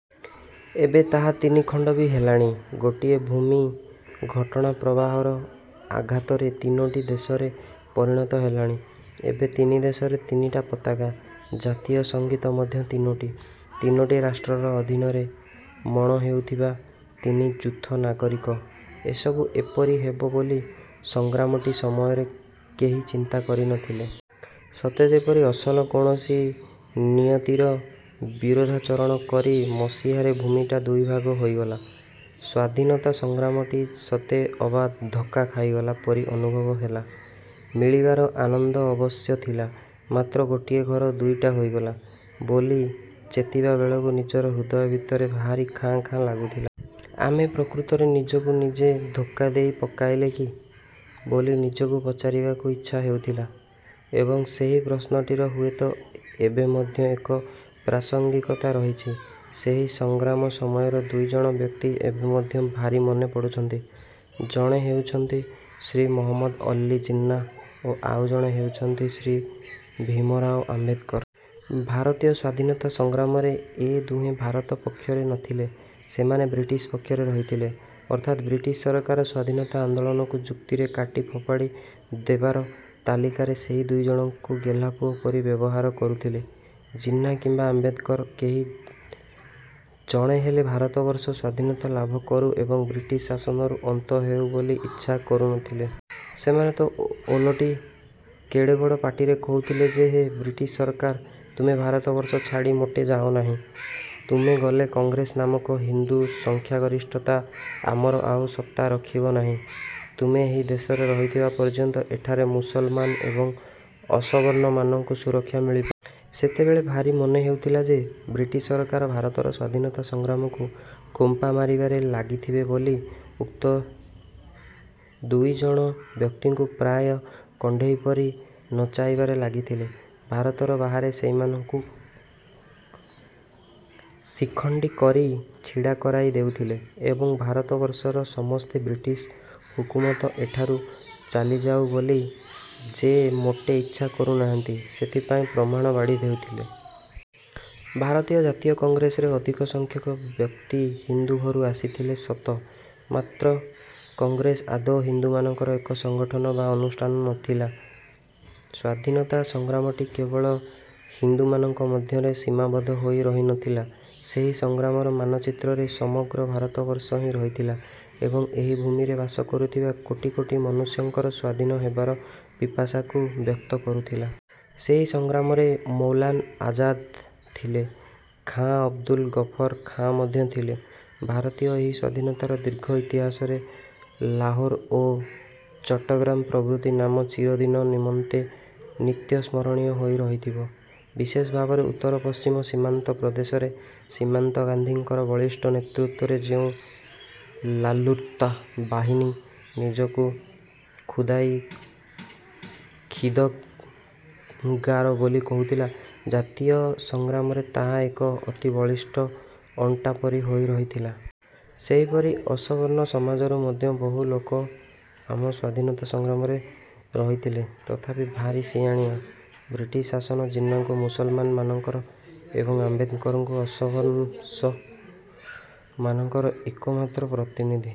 ଏବେ ତାହା ତିନିଖଣ୍ଡ ବି ହେଲାଣି। ଗୋଟିଏ ଭୂମି ଘଟଣାପ୍ରବାହର ଆଘାତରେ ତିନୋଟି ଦେଶରେ ପରିଣତ ହେଲାଣି। ଏବେ ତିନି ଦେଶରେ ତିନିଟା ପତାକା, ଜାତୀୟ ସଂଗୀତ ମଧ୍ୟ ତିନୋଟି। ତିନୋଟି ରାଷ୍ଟ୍ରର ଅଧିନରେ ମଣ ହେଉଥିବା ତିନି ଯୂଥ ନାଗରିକ। ଏସବୁ ଏପରି ହେବ ବୋଲି ସଂଗ୍ରାମଟି ସମୟରେ କେହି ଚିନ୍ତା କରିନଥିଲେ। ସତେଯେପରି ଅସଲ କୌଣସି ନିୟତିର ବିରୋଧାଚରଣ କରି ମସିହାରେ ଭୂମିଟା ଦୁଇଭାଗ ହୋଇଗଲା। ସ୍ୱାଧୀନତା ସଂଗ୍ରାମଟି ସତେ ଅବା ଧକ୍କା ଖାଇଗଲା ପରି ଅନୁଭବ ହେଲା, ମିଳିବାର ଆନନ୍ଦ ଅବଶ୍ୟ ଥିଲା। ମାତ୍ର ଗୋଟିଏ ଘର ଦୁଇଟା ହୋଇଗଲା ବୋଲି ଚେତିବା ବେଳକୁ ନିଜର ହୃଦୟ ଭିତରେ ଭାରି ଖାଁ ଖାଁ ଲାଗୁଥିଲା। ଆମେ ପ୍ରକୃତରେ ନିଜକୁ ନିଜେ ଧୋକା ଦେଇ ପକାଇଲେ କି? ବୋଲି ନିଜକୁ ପଚାରିବାକୁ ଇଚ୍ଛା ହେଉଥିଲା। ଏବଂ ସେହି ପ୍ରଶ୍ନଟିର ହୁଏତ ଏବେ ମଧ୍ୟ ଏକ ପ୍ରାସଙ୍ଗିକତା ରହିଛି। ସେହି ସଂଗ୍ରାମ ସମୟର ଦୁଇଜଣ ବ୍ୟକ୍ତି ଏବେ ମଧ୍ୟ ଭାରି ମନେ ପଡୁଛନ୍ତି। ଜଣେ ହେଉଛନ୍ତି ଶ୍ରୀ ମହମ୍ମଦ ଅଲ୍ଲୀ ଜିନ୍ନା ଓ ଆଉ ଜଣେ ହେଉଛନ୍ତି ଶ୍ରୀ ଭୀମରାଓ ଆମ୍ବେଦକର। ଭାରତୀୟ ସ୍ଵାଧୀନତା ସଂଗ୍ରାମରେ ଏ ଦୁହେଁ ଭାରତ ପକ୍ଷରେ ନଥିଲେ, ସେମାନେ ବ୍ରିଟିଶ ପକ୍ଷରେ ରହିଥିଲେ। ଅର୍ଥାତ୍ ବ୍ରିଟିଶ୍ ସରକାର ସ୍ୱାଧୀନତା ଆନ୍ଦୋଳନକୁ ଯୁକ୍ତିରେ କାଟି ଫୋପାଡ଼ି ଦେବାର ତାଲିକାରେ ସେହି ଦୁଇଜଣଙ୍କୁ ଗେହ୍ଲାପୁଅ ପରି ବ୍ୟବହାର କରୁଥିଲେ। ଜିନ୍ନା କିମ୍ବା ଆମ୍ବେଦକର କେହି ଜଣେ ହେଲେ ଭାରତବର୍ଷ ସ୍ଵାଧୀନତା ଲାଭ କରୁ ଏବଂ ବ୍ରିଟିଶ ଶାସନର ଅନ୍ତ ହେଉ ବୋଲି ଇଚ୍ଛା କରୁନଥିଲେ। ସେମାନେ ତ ଓଲଟି କେଡ଼େ ବଡ଼ ପାଟିରେ କହୁଥିଲେ ଯେ ହେ ବ୍ରିଟିଶ ସରକାର, ତୁମେ ଭାରତବର୍ଷ ଛାଡ଼ି ମୋଟେ ଯାଅନାହିଁ। ତୁମେ ଗଲେ କଂଗ୍ରେସ ନାମକ ହିନ୍ଦୁ ସଂଖ୍ୟାଗରିଷ୍ଠତା ଆମର ଆଉ ସତ୍ତା ରଖିବ ନାହିଁ। ତୁମେ ଏହି ଦେଶରେ ରହିଥିବା ପର୍ଯ୍ୟନ୍ତ ଏଠାରେ ମୁସଲମାନ ଏବଂ ଅସବର୍ଣ୍ଣ ମାନଙ୍କୁ ସୁରକ୍ଷା ମିଳିପାରିବ। ସେତେବେଳେ ଭାରି ମନେ ହେଉଥିଲା ଯେ, ବ୍ରିଟିଶ ସରକାର ଭାରତର ସ୍ୱାଧୀନତା ସଂଗ୍ରାମକୁ ଖୁମ୍ପା ମାରିବାରେ ଲାଗିଥିବେ ବୋଲି ଉକ୍ତ ଦୁଇଜଣ ବ୍ୟକ୍ତିଙ୍କୁ ପ୍ରାୟ କଣ୍ଢେଇପରି ନଚାଇବାରେ ଲାଗିଥିଲେ। ଭାରତର ବାହାରେ ସେମାନଙ୍କୁ ଶିଖଣ୍ଡୀ କରି ଛିଡ଼ା କରାଇ ଦେଉଥିଲେ ଏବଂ ଭାରତବର୍ଷର ସମସ୍ତେ ବ୍ରିଟିଶ ହୁକୁମତ ଏଠାରୁ ଚାଲିଯାଉ ବୋଲି ଯେ ମୋଟେ ଇଚ୍ଛା କରୁନାହାନ୍ତି, ସେଥିପାଇଁ ପ୍ରମାଣ ବାଢ଼ି ଦେଉଥଲେ। ଭାରତୀୟ ଜାତୀୟ କଂଗ୍ରେସରେ ଅଧିକ ସଂଖ୍ୟକ ବ୍ୟକ୍ତି ହିନ୍ଦୁ ଘରୁ ଆସିଥିଲେ ସତ, ମାତ୍ର କଂଗ୍ରେସ ଆଦୌ ହିନ୍ଦୁମାନଙ୍କର ଏକ ସଂଗଠନ ବା ଅନୁଷ୍ଠାନ ନଥିଲା। ସ୍ଵାଧୀନତା ସଂଗ୍ରାମଟି କେବଳ ହିନ୍ଦୁମାନଙ୍କ ମଧ୍ୟରେ ସୀମାବଦ୍ଧ ହୋଇ ରହିନଥିଲା ସେହି ସଂଗ୍ରାମର ମାନଚିତ୍ରରେ ସମଗ୍ର ଭାରତବର୍ଷ ହିଁ ରହିଥିଲା ଏବଂ ଏହି ଭୂମିରେ ବାସ କରୁଥିବା କୋଟି କୋଟି ମନୁଷ୍ୟଙ୍କର ସ୍ୱାଧୀନ ହେବାର ପିପାସାକୁ ବ୍ୟକ୍ତ କରୁଥିଲା। ସେହି ସଂଗ୍ରାମରେ ମୌଲାନା ଆଜାଦ୍ ଥିଲେ, ଖାଁ ଅବଦୁଲ ଗଫର ଖାଁ ମଧ୍ୟ ଥିଲେ। ଭାରତୀୟ ଏହି ସ୍ୱାଧୀନତାର ଦୀର୍ଘ ଇତିହାସରେ ଲାହୋର ଓ ଚଟ୍ଟଗ୍ରାମ ପ୍ରଭୃତି ନାମ ଚିରଦିନ ନିମନ୍ତେ ନିତ୍ୟ ସ୍ମରଣୀୟ ହୋଇ ରହିଥିବ। ବିଶେଷ ଭାବରେ ଉତ୍ତର ପଶ୍ଚିମ ସୀମାନ୍ତ ପ୍ରଦେଶରେ ସୀମାନ୍ତ ଗାନ୍ଧୀଙ୍କର ବଳିଷ୍ଠ ନେତୃତ୍ୱରେ ଯେଉଁ ଲାଲ୍କୁର୍ତ୍ତା ବାହିନୀ ନିଜକୁ ଖୁଦାଇ ଖିଦମ୍ଗାର ବୋଲି କହୁଥିଲା, ଜାତୀୟ ସଂଗ୍ରାମରେ ତାହା ଏକ ଅତି ବଳିଷ୍ଠ ଅଣ୍ଟା ପରି ହୋଇ ରହିଥିଲା। ସେହିପରି ଅସବର୍ଣ୍ଣ ସମାଜରୁ ମଧ୍ୟ ବହୁ ଲୋକ ଆମ ସ୍ୱାଧୀନତା ସଂଗ୍ରାମରେ ରହିଥିଲେ ତଥାପି ଭାରି ସିଆଣିଆ ବ୍ରିଟିଶ୍ ଶାସନ ଜିନ୍ନାଙ୍କୁ ମୁସଲମାନ ମାନଙ୍କର ଏବଂ ଆମ୍ବେଦକରଙ୍କୁ ଅସବର୍ଷ ମାନଙ୍କର ଏକମାତ୍ର ପ୍ରତିନିଧି